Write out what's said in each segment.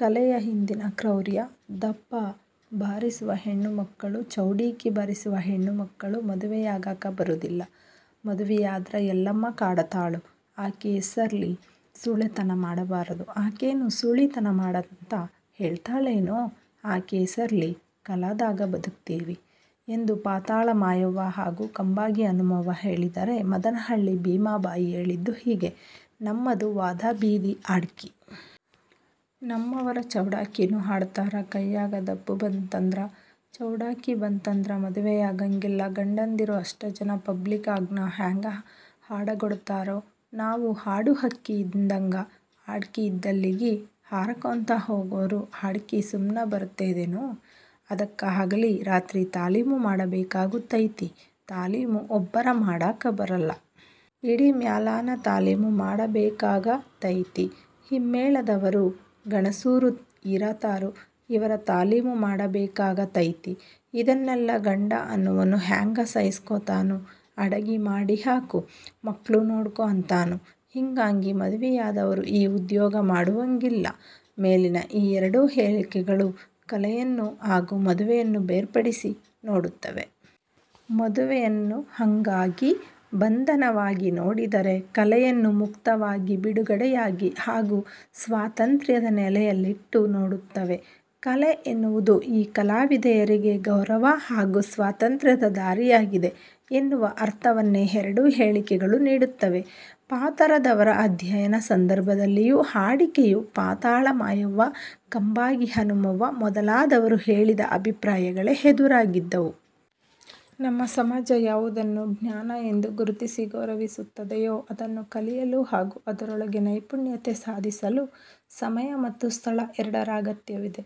ಕಲೆಯ ಹಿಂದಿನ ಕ್ರೌರ್ಯ "ದಪ್ಪ ಬಾರಿಸುವ ಹೆಣ್ಣು ಮಕ್ಕಳು, ಚೌಡಿಕಿ ಬಾರಿಸುವ ಹೆಣ್ಣು ಮಕ್ಕಳು ಮದುವೆಯಾಗಾಕ ಬರೂದಿಲ್ಲ. ಮದುವಿಯಾದ್ರ ಯಲ್ಲಮ್ಮ ಕಾಡತಾಳು. ಆಕಿ ಹೆಸರ್ಲಿ ಸೂಳೆತನ ಮಾಡಬಾರದು. ಆಕೇನು ಸೂಳಿತನ ಮಾಡಂತ ಹೇಳ್ತಾಳೇನು ಆಕಿ ಹೆಸರ್ಲಿ ಕಲಾದಾಗ ಬದುಕ್ತೀವಿ" ಎಂದು ಪಾತಾಳ ಮಾಯವ್ವ ಹಾಗೂ ಕಂಬಾಗಿ ಹನುಮವ್ವ ಹೇಳಿದರೆ, ಮದನ ಹಳ್ಳಿ ಭೀಮಬಾಯಿ ಹೇಳಿದ್ದು ಹೀಗೆ: "ನಮ್ಮದು ವಾದಾ ಬೀದಿ ಹಾಡ್ಕಿ. ನಮ್ಮವರ ಚೌಡಕಿನೂ ಹಾಡ್ತಾರ. ಕೈಯಾಗ ದಪ್ಪು ಬಂತಂದ್ರ, ಚೌಡಕಿ ಬಂತಂದ್ರ ಮದುವೆಯಾಗಂಗಿಲ್ಲ. ಗಂಡಂದಿರು ಅಷ್ಟ ಜನಾ ಪಬ್ಲಿಕ್ನಾಗ ಹ್ಯಾಂಗ ಹಾಡಗೊಡತಾರು ನಾವು ಹಾಡು ಹಕ್ಕಿ ಇದ್ದಂಗ. ಹಾಡ್ಕಿ ಇದ್ದಲ್ಲಿಗಿ ಹಾರಕೋಂತ ಹೋಗೋರು. ಹಾಡ್ಕಿ ಸುಮ್ನ ಬರತದೇನು ಅದಕ್ಕ ಹಗಲಿ ರಾತ್ರಿ ತಾಲೀಮು ಮಾಡಬೇಕಾಗುತೈತಿ. ತಾಲೀಮು ಒಬ್ಬರ ಮಾಡಾಕ ಬರಲ್ಲ. ಇಡೀ ಮ್ಯಾಳಾನ ತಾಲೀಮು ಮಾಡಬೇಕಾಗತೈತಿ. ಹಿಮ್ಮೇಳದವರು ಗಣಸೂರು ಇರತಾರು. ಇವರ ತಾಲೀಮು ಮಾಡಬೇಕಾಗತೈತಿ. ಇದನ್ನೆಲ್ಲಾ ಗಂಡ ಅನ್ನುವನು ಹ್ಯಾಂಗ ಸಹಸ್ಕೋತಾನು ಅಡಗಿ ಮಾಡಿ ಹಾಕು, ಮಕ್ಳು ನೋಡ್ಕೋ ಅಂತಾನು. ಹಿಂಗಾಗಿ ಮದ್ವಿಯಾದವರು ಈ ಉದ್ಯೋಗ ಮಾಡುವಂಗಿಲ್ಲ. ಮೇಲಿನ ಈ ಎರಡೂ ಹೇಳಿಕೆಗಳು ಕಲೆಯನ್ನು ಹಾಗೂ ಮದುವೆಯನ್ನು ಬೇರ್ಪಡಿಸಿ ನೋಡುತ್ತವೆ. ಮದುವೆಯನ್ನು ಹಂಗಾಗಿ, ಬಂಧನವಾಗಿ ನೋಡಿದರೆ; ಕಲೆಯನ್ನು ಮುಕ್ತವಾಗಿ, ಬಿಡುಗಡೆಯಾಗಿ ಹಾಗೂ ಸ್ವಾತಂತ್ರ್ಯದ ನೆಲೆಯಲ್ಲಿಟ್ಟು ನೋಡುತ್ತವೆ. 'ಕಲೆ' ಎನ್ನುವುದು ಈ ಕಲಾವಿದೆಯರಿಗೆ ಗೌರವ ಹಾಗೂ ಸ್ವಾತಂತ್ರ್ಯದ ದಾರಿಯಾಗಿದೆ ಎನ್ನುವ ಅರ್ಥವನ್ನೇ ಎರಡೂ ಹೇಳಿಕೆಗಳು ನೀಡುತ್ತವೆ. ಪಾತರದವರ ಅಧ್ಯಯನ ಸಂದರ್ಭದಲ್ಲಿಯೂ ಹಾಡಿಕೆಯು ಪಾತಾಳ ಮಾಯವ್ವ, ಕಂಬಾಗಿ ಹನುಮವ್ವ ಮೊದಲಾದವರು ಹೇಳಿದ ಅಭಿಪ್ರಾಯಗಳೇ ಎದುರಾಗಿದ್ದವು. ನಮ್ಮ ಸಮಾಜ ಯಾವುದನ್ನು 'ಜ್ಞಾನ' ಎಂದು ಗುರುತಿಸಿ ಗೌರವಿಸುತ್ತದೆಯೋ ಅದನ್ನು ಕಲಿಯಲು ಹಾಗೂ ಅದರೊಳಗೆ ನೈಪುಣ್ಯತೆ ಸಾಧಿಸಲು ಸಮಯ ಮತ್ತು ಸ್ಥಳ ಎರಡರ ಅಗತ್ಯವಿದೆ.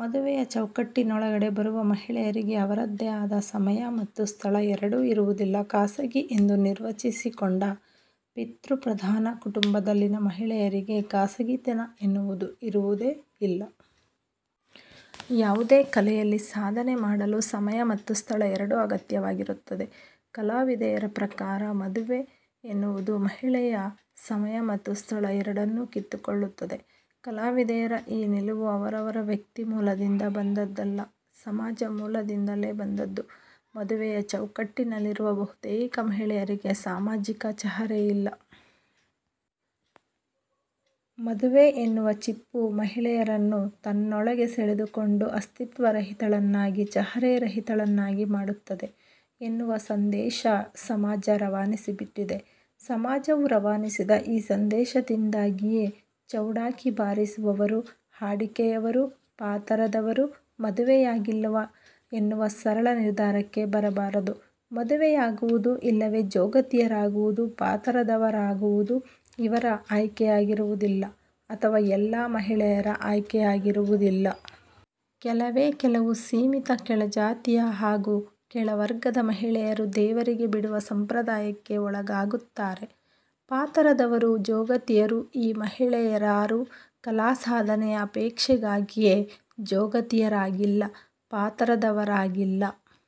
ಮದುವೆಯ ಚೌಕಟ್ಟಿನೊಳಗಡೆ ಬರುವ ಮಹಿಳೆಯರಿಗೆ ಅವರದ್ದೇ ಆದ ಸಮಯ ಮತ್ತು ಸ್ಥಳ ಎರಡೂ ಇರುವುದಿಲ್ಲ. 'ಖಾಸಗಿ' ಎಂದು ನಿರ್ವಚಿಸಿಕೊಂಡ ಪಿತೃ ಪ್ರಧಾನ ಕುಟುಂಬದಲ್ಲಿನ ಮಹಿಳೆಯರಿಗೆ ಖಾಸಗಿತನ ಎನ್ನುವುದು ಇರುವುದೇ ಇಲ್ಲ. ಯಾವುದೇ ಕಲೆಯಲ್ಲಿ ಸಾಧನೆ ಮಾಡಲು ಸಮಯ ಮತ್ತು ಸ್ಥಳ ಎರಡೂ ಅಗತ್ಯವಾಗಿರುತ್ತದೆ. ಕಲಾವಿದೆಯರ ಪ್ರಕಾರ ಮದುವೆ ಎನ್ನುವುದು ಮಹಿಳೆಯ ಸಮಯ ಮತ್ತು ಸ್ಥಳ ಎರಡನ್ನೂ ಕಿತ್ತುಕೊಳ್ಳುತ್ತದೆ. ಕಲಾವಿದೆಯರ ಈ ನಿಲುವು ಅವರವರ ವ್ಯಕ್ತಿ ಮೂಲದಿಂದ ಬಂದದ್ದಲ್ಲ; ಸಮಾಜ ಮೂಲದಿಂದಲೇ ಬಂದದ್ದು. ಮದುವೆಯ ಚೌಕಟ್ಟಿನಲ್ಲಿರುವ ಬಹುತೇಕ ಮಹಿಳೆಯರಿಗೆ ಸಾಮಾಜಿಕ ಚಹರೆಯಿಲ್ಲ. ಮದುವೆ ಎನ್ನುವ ಚಿಪ್ಪು ಮಹಿಳೆಯರನ್ನು ತನ್ನೊಳಗೆ ಸೆಳೆದುಕೊಂಡು ಅಸ್ತಿತ್ವ ರಹಿತಳನ್ನಾಗಿ, ಚಹರೆ ರಹಿತಳನ್ನಾಗಿ ಮಾಡುತ್ತದೆ ಎನ್ನುವ ಸಂದೇಶ ಸಮಾಜ ರವಾನಿಸಿಬಿಟ್ಟಿದೆ. ಸಮಾಜವು ರವಾನಿಸಿದ ಈ ಸಂದೇಶದಿಂದಾಗಿಯೇ ಚೌಡಕಿ ಬಾರಿಸುವವರು, ಹಾಡಿಕೆಯವರು, ಪಾತರದವರು ಮದುವೆಯಾಗಿಲ್ಲ ಎನ್ನುವ ಸರಳ ನಿರ್ಧಾರಕ್ಕೆ ಬರಬಾರದು. ಮದುವೆಯಾಗುವುದು ಇಲ್ಲವೆ 'ಜೋಗತಿ'ಯರಾಗುವುದು, ಪಾತರದವರಾಗುವುದು ಇವರ ಆಯ್ಕೆಯಾಗಿರುವುದಿಲ್ಲ; ಅಥವಾ ಎಲ್ಲ ಮಹಿಳೆಯರ ಆಯ್ಕೆಯಾಗಿರುವುದಿಲ್ಲ. ಕೆಲವೇ ಕೆಲವು ಸೀಮಿತ ಕೆಳಜಾತಿಯ ಹಾಗೂ ಕೆಳವರ್ಗದ ಮಹಿಳೆಯರು ದೇವರಿಗೆ ಬಿಡುವ ಸಂಪ್ರದಾಯಕ್ಕೆ ಒಳಗಾಗುತ್ತಾರೆ. 'ಪಾತರದವರು', 'ಜೋಗತಿಯರು' ಈ ಮಹಿಳೆಯರಾರೂ ಕಲಾ ಸಾಧನೆಯ ಅಪೇಕ್ಷೆಗಾಗಿಯೇ 'ಜೋಗತಿ'ಯರಾಗಿಲ್ಲ; ಪಾತರದವರಾಗಿಲ್ಲ.